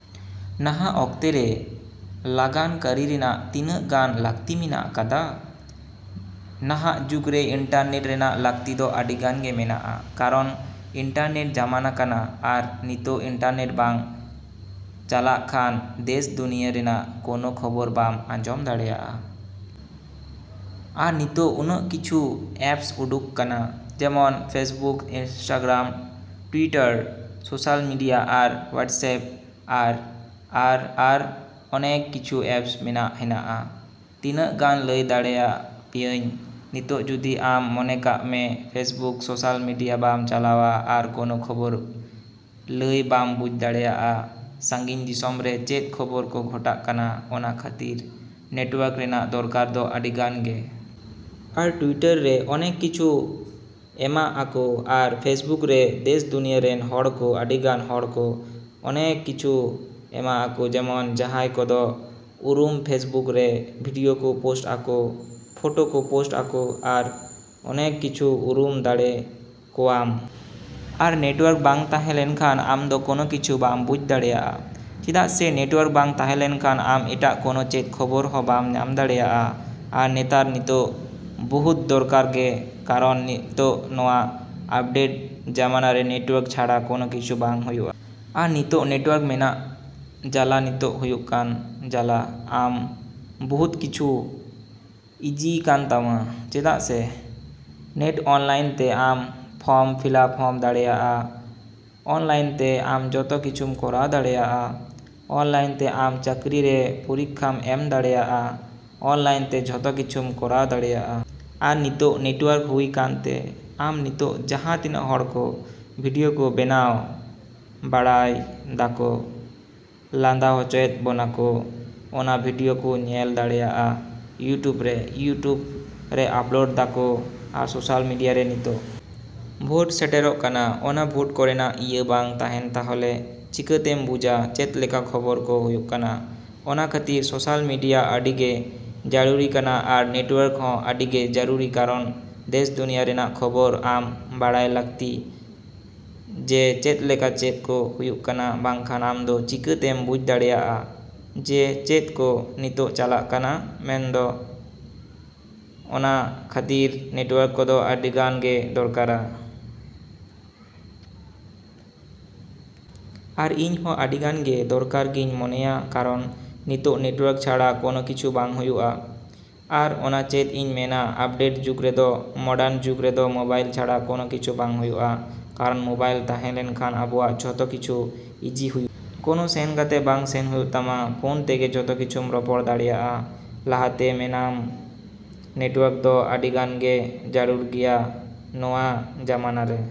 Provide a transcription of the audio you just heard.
ᱱᱟᱦᱟᱜ ᱚᱠᱛᱚᱨᱮ ᱞᱟᱜᱟᱱ ᱠᱟᱹᱨᱤ ᱨᱮᱱᱟᱜ ᱛᱤᱱᱟᱹᱜ ᱜᱟᱱ ᱞᱟᱹᱠᱛᱤ ᱢᱮᱱᱟᱜ ᱠᱟᱫᱟ? ᱱᱟᱦᱟᱜ ᱡᱩᱜᱽᱨᱮ ᱤᱱᱴᱟᱨᱱᱮᱴ ᱨᱮᱭᱟᱜ ᱞᱟᱹᱠᱛᱤ ᱫᱚ ᱟᱹᱰᱤᱜᱟᱱ ᱜᱮ ᱢᱮᱱᱟᱜᱼᱟ ᱠᱟᱨᱚᱱ ᱤᱱᱴᱟᱨᱱᱮᱴ ᱡᱟᱢᱟᱱᱟ ᱠᱟᱱᱟ ᱟᱨ ᱱᱤᱛᱚᱜ ᱤᱱᱴᱟᱨᱱᱮᱴ ᱵᱟᱝ ᱪᱟᱞᱟᱜ ᱠᱷᱟᱱ ᱫᱮᱥ ᱫᱩᱱᱭᱟᱹ ᱨᱮᱱᱟᱜ ᱠᱳᱱᱳ ᱠᱷᱚᱵᱚᱨ ᱵᱟᱢ ᱟᱸᱡᱚᱢ ᱫᱟᱲᱮᱭᱟᱜᱼᱟ᱾ ᱟᱨ ᱱᱤᱛᱚᱜ ᱩᱱᱟᱹᱜ ᱠᱤᱪᱷᱩ ᱮᱯᱥ ᱩᱰᱩᱠ ᱠᱟᱱᱟ ᱡᱮᱢᱚᱱ Facebook, Instagram, Twitter, social media ᱟᱨ ᱦᱳᱣᱟᱴᱥᱮᱯ ᱟᱨ ᱟᱨ ᱟᱨ ᱚᱱᱮᱠ ᱠᱤᱪᱷᱩ ᱮᱯᱥ ᱢᱮᱱᱟᱜ ᱦᱮᱱᱟᱜᱼᱟ ᱛᱤᱱᱟᱹᱜ ᱜᱟᱱ ᱞᱟᱹᱭ ᱫᱟᱲᱮᱭᱟ ᱯᱮᱭᱟᱹᱧ᱾ ᱱᱤᱛᱚᱜ ᱡᱩᱫᱤ ᱟᱢ ᱢᱚᱱᱮ ᱠᱟᱜ ᱢᱮ ᱯᱷᱮᱥᱵᱩᱠ ᱥᱳᱥᱟᱞ ᱢᱮᱰᱤᱭᱟ ᱵᱟᱢ ᱪᱟᱞᱟᱣᱟ ᱟᱨ ᱠᱳᱱᱳ ᱠᱷᱚᱵᱚᱨ ᱞᱟᱹᱭ ᱵᱟᱢ ᱵᱩᱡᱽ ᱫᱟᱲᱮᱭᱟᱜᱼᱟ ᱥᱟᱺᱜᱤᱧ ᱫᱤᱥᱚᱢ ᱨᱮ ᱪᱮᱫ ᱠᱷᱚᱵᱚᱨ ᱠᱚ ᱜᱷᱚᱴᱟᱜ ᱠᱟᱱᱟ ᱚᱱᱟ ᱠᱷᱟᱹᱛᱤᱨ ᱱᱮᱴᱣᱟᱨᱠ ᱨᱮᱱᱟᱜ ᱫᱚᱨᱠᱟᱨ ᱫᱚ ᱟᱹᱰᱤᱜᱟᱱ ᱜᱮ᱾ ᱟᱨ ᱴᱩᱣᱤᱴᱟᱨ ᱨᱮ ᱚᱱᱮᱠ ᱠᱤᱪᱷᱩ ᱮᱢᱟᱜ ᱟᱠᱚ ᱟᱨ ᱯᱷᱮᱥᱵᱩᱠ ᱨᱮ ᱫᱮᱥ ᱫᱩᱱᱤᱭᱟᱹ ᱨᱮᱱ ᱦᱚᱲᱠᱚ ᱟᱹᱰᱤᱜᱟᱱ ᱦᱚᱲᱠᱚ ᱚᱱᱮᱠ ᱠᱤᱪᱷᱩ ᱮᱢᱟᱜ ᱟᱠᱚ ᱡᱮᱢᱚᱱ ᱡᱟᱦᱟᱸᱭ ᱠᱚᱫᱚ ᱩᱨᱩᱢ ᱯᱷᱮᱥᱵᱩᱠ ᱨᱮ ᱵᱷᱤᱰᱤᱭᱳ ᱠᱚ ᱯᱳᱥᱴ ᱟᱠᱚ, ᱯᱷᱳᱴᱚ ᱠᱚ ᱯᱳᱥᱴ ᱟᱠᱚ ᱟᱨ ᱚᱱᱮᱠ ᱠᱤᱪᱷᱩ ᱩᱨᱩᱢ ᱫᱟᱲᱮ ᱠᱚᱣᱟᱢ᱾ ᱟᱨ ᱱᱮᱴᱣᱟᱨᱠ ᱵᱟᱝ ᱛᱟᱦᱮᱸ ᱞᱮᱱᱠᱷᱟᱱ ᱟᱢᱫᱚ ᱠᱳᱱᱳ ᱠᱤᱪᱷᱩ ᱵᱟᱢ ᱵᱩᱡᱽ ᱫᱟᱲᱮᱭᱟᱜᱼᱟ ᱪᱮᱫᱟᱜ ᱥᱮ ᱱᱮᱴᱣᱟᱨᱠ ᱵᱟᱝ ᱛᱟᱦᱮᱸ ᱞᱮᱱᱠᱷᱟᱱ ᱟᱢ ᱮᱴᱟᱜ ᱠᱚᱱᱚ ᱪᱮᱫ ᱠᱷᱚᱵᱚᱨ ᱦᱚᱸ ᱵᱟᱢ ᱧᱟᱢ ᱫᱟᱲᱮᱭᱟᱜᱼᱟ᱾ ᱟᱨ ᱱᱮᱛᱟᱨ ᱱᱤᱛᱳᱜ ᱵᱚᱦᱩᱫ ᱫᱚᱨᱠᱟᱨ ᱜᱮ ᱠᱟᱨᱚᱱ ᱱᱤᱛᱚᱜ ᱱᱚᱣᱟ ᱟᱯᱰᱮᱴ ᱡᱟᱢᱟᱱᱟᱨᱮ ᱱᱮᱴᱣᱟᱨᱠ ᱪᱷᱟᱲᱟ ᱠᱳᱱᱳ ᱠᱤᱪᱷᱩ ᱵᱟᱝ ᱦᱩᱭᱩᱜᱼᱟ᱾ ᱟᱨ ᱱᱤᱛᱚᱜ ᱱᱮᱴᱣᱟᱨᱠ ᱢᱮᱱᱟᱜ ᱡᱟᱞᱟ ᱱᱤᱛᱚᱜ ᱦᱩᱭᱩᱜ ᱠᱟᱱ ᱡᱟᱞᱟ ᱟᱢ ᱵᱩᱦᱩᱫ ᱠᱤᱪᱷᱩ ᱤᱡᱤᱭ ᱠᱟᱱ ᱛᱟᱢᱟ ᱪᱮᱫᱟᱜ ᱥᱮ ᱱᱮᱴ ᱚᱱᱞᱟᱭᱤᱱ ᱛᱮ ᱟᱢ ᱯᱷᱚᱨᱢ ᱯᱷᱤᱞᱟᱯ ᱦᱚᱸᱢ ᱫᱟᱲᱮᱜᱼᱟ, ᱚᱱᱞᱟᱭᱤᱱ ᱛᱮ ᱟᱢ ᱡᱚᱛᱚ ᱠᱤᱪᱷᱩᱢ ᱠᱚᱨᱟᱣ ᱫᱟᱲᱮᱭᱟᱜᱼᱟ, ᱚᱱᱞᱟᱭᱤᱱ ᱛᱮ ᱟᱢ ᱪᱟᱹᱠᱨᱤ ᱨᱮ ᱯᱚᱨᱤᱠᱠᱷᱟᱢ ᱮᱢ ᱫᱟᱲᱮᱭᱟᱜᱼᱟ, ᱚᱱᱞᱟᱭᱤᱱ ᱛᱮ ᱡᱚᱛᱚ ᱠᱤᱪᱷᱩᱢ ᱠᱚᱨᱟᱣ ᱫᱟᱲᱮᱭᱟᱜᱼᱟ᱾ ᱟᱨ ᱱᱤᱛᱚᱜ ᱱᱮᱴᱣᱟᱨᱠ ᱦᱩᱭ ᱠᱟᱱᱛᱮ ᱟᱢ ᱦᱤᱛᱚᱜ ᱡᱟᱦᱟᱸ ᱛᱤᱱᱟᱹᱜ ᱦᱚᱲᱠᱚ ᱵᱷᱤᱰᱤᱭᱳ ᱠᱚ ᱵᱮᱱᱟᱣ ᱵᱟᱲᱟᱭᱫᱟᱠᱚ ᱞᱟᱸᱫᱟ ᱦᱚᱪᱚᱭᱮᱜ ᱵᱚᱱᱟ ᱠᱚ ᱚᱱᱟ ᱵᱷᱤᱰᱤᱭᱳ ᱠᱚ ᱧᱮᱞ ᱫᱟᱲᱮᱭᱟᱜᱼᱟ ᱤᱭᱩᱴᱩᱵᱽ ᱨᱮ, ᱤᱭᱩᱴᱩᱵᱽ ᱨᱮ ᱟᱯᱞᱳᱰ ᱫᱟᱠᱚ ᱟᱨ ᱥᱳᱥᱟᱞ ᱢᱮᱰᱤᱭᱟᱨᱮ᱾ ᱱᱤᱛᱚᱜ ᱵᱷᱳᱴ ᱥᱮᱴᱮᱨᱚᱜ ᱠᱟᱱᱟ ᱚᱱᱟ ᱵᱷᱳᱴ ᱠᱚᱨᱮᱱᱟᱜ ᱤᱭᱟᱹ ᱵᱟᱝ ᱛᱟᱦᱮᱱ ᱛᱟᱦᱚᱞᱮ ᱪᱤᱠᱟᱹᱛᱮᱢ ᱵᱩᱡᱟ ᱪᱮᱫ ᱞᱮᱠᱟ ᱠᱷᱚᱵᱚᱨ ᱠᱚ ᱦᱩᱭᱩᱜ ᱠᱟᱱᱟ ᱚᱱᱟ ᱠᱷᱟᱹᱛᱤᱨ ᱥᱳᱥᱟᱞ ᱢᱮᱰᱤᱭᱟ ᱟᱹᱰᱤᱜᱮ ᱡᱟᱹᱨᱩᱲᱤ ᱠᱟᱱᱟ ᱟᱨ ᱱᱮᱴᱣᱟᱨᱠ ᱦᱚᱸ ᱟᱹᱰᱤᱜᱮ ᱡᱟᱨᱩᱨᱤ ᱠᱟᱨᱚᱱ ᱫᱮᱥ ᱫᱩᱱᱤᱭᱟᱹ ᱨᱮᱱᱟᱜ ᱠᱷᱚᱵᱚᱨ ᱟᱢ ᱵᱟᱲᱟᱭ ᱞᱟᱹᱠᱛᱤ ᱡᱮ ᱪᱮᱫ ᱞᱮᱠᱟ ᱪᱮᱫ ᱠᱚ ᱦᱩᱭᱩᱜ ᱠᱟᱱᱟ ᱵᱟᱠᱷᱟᱱ ᱟᱢᱫᱚ ᱪᱤᱠᱟ ᱛᱮᱢ ᱵᱩᱡᱽ ᱫᱟᱲᱮᱭᱟᱜᱼᱟ ᱡᱮ ᱪᱮᱫ ᱠᱚ ᱱᱤᱛᱚᱜ ᱪᱟᱞᱟᱜ ᱠᱟᱱᱟ ᱢᱮᱱ ᱮᱫᱚ ᱚᱱᱟ ᱠᱷᱟᱹᱛᱤᱨ ᱱᱮᱴᱣᱟᱨᱠ ᱠᱚᱫᱚ ᱟᱹᱰᱤᱜᱟᱱ ᱜᱮ ᱫᱚᱨᱠᱟᱨᱟ᱾ ᱟᱨ ᱤᱧ ᱦᱚᱸ ᱟᱹᱰᱤᱜᱟᱱ ᱜᱮ ᱫᱚᱨᱠᱟᱨ ᱜᱮᱧ ᱢᱚᱱᱮᱭᱟ ᱠᱟᱨᱚᱱ ᱱᱤᱛᱚᱜ ᱱᱮᱴᱣᱟᱨᱠ ᱪᱷᱟᱨᱟ ᱠᱳᱱᱳ ᱠᱤᱪᱷᱩ ᱵᱟᱝ ᱦᱩᱭᱩᱜᱼᱟ᱾ ᱟᱨ ᱚᱱᱟ ᱪᱮᱫ ᱤᱧ ᱢᱮᱱᱟ ᱟᱯᱰᱮᱴ ᱡᱩᱜᱽ ᱨᱮᱫᱚ, ᱢᱚᱰᱟᱨᱱ ᱡᱩᱜᱽ ᱨᱮᱫᱚ ᱢᱳᱵᱟᱭᱤᱞ ᱪᱷᱟᱲᱟ ᱠᱳᱱᱳ ᱠᱤᱪᱷᱩ ᱵᱟᱝ ᱦᱩᱭᱩᱜᱼᱟ ᱠᱟᱨᱚᱱ ᱢᱳᱵᱟᱭᱤᱞ ᱛᱟᱦᱮᱸ ᱞᱮᱱᱠᱷᱟᱱ ᱟᱵᱚᱣᱟᱜ ᱡᱚᱛᱚ ᱠᱤᱪᱷᱩ ᱤᱡᱤ ᱦᱩᱭᱩᱜᱼᱟ᱾ ᱠᱳᱱᱳ ᱥᱮᱱ ᱠᱟᱛᱮ ᱵᱟᱝ ᱥᱮᱱ ᱦᱩᱭᱩᱜ ᱛᱟᱢᱟ ᱯᱷᱳᱱ ᱛᱮᱜᱮ ᱡᱚᱛᱚ ᱠᱤᱪᱷᱩᱢ ᱨᱚᱯᱚᱲ ᱫᱟᱲᱮᱜᱼᱟ᱾ ᱞᱟᱦᱟᱛᱮ ᱢᱮᱱᱟᱢ ᱱᱮᱴᱣᱟᱨᱠ ᱫᱚ ᱟᱹᱰᱤᱜᱟᱱᱜᱮ ᱡᱟᱹᱨᱩᱨ ᱜᱮᱭᱟ ᱱᱚᱣᱟ ᱡᱟᱢᱟᱱᱟᱨᱮ᱾।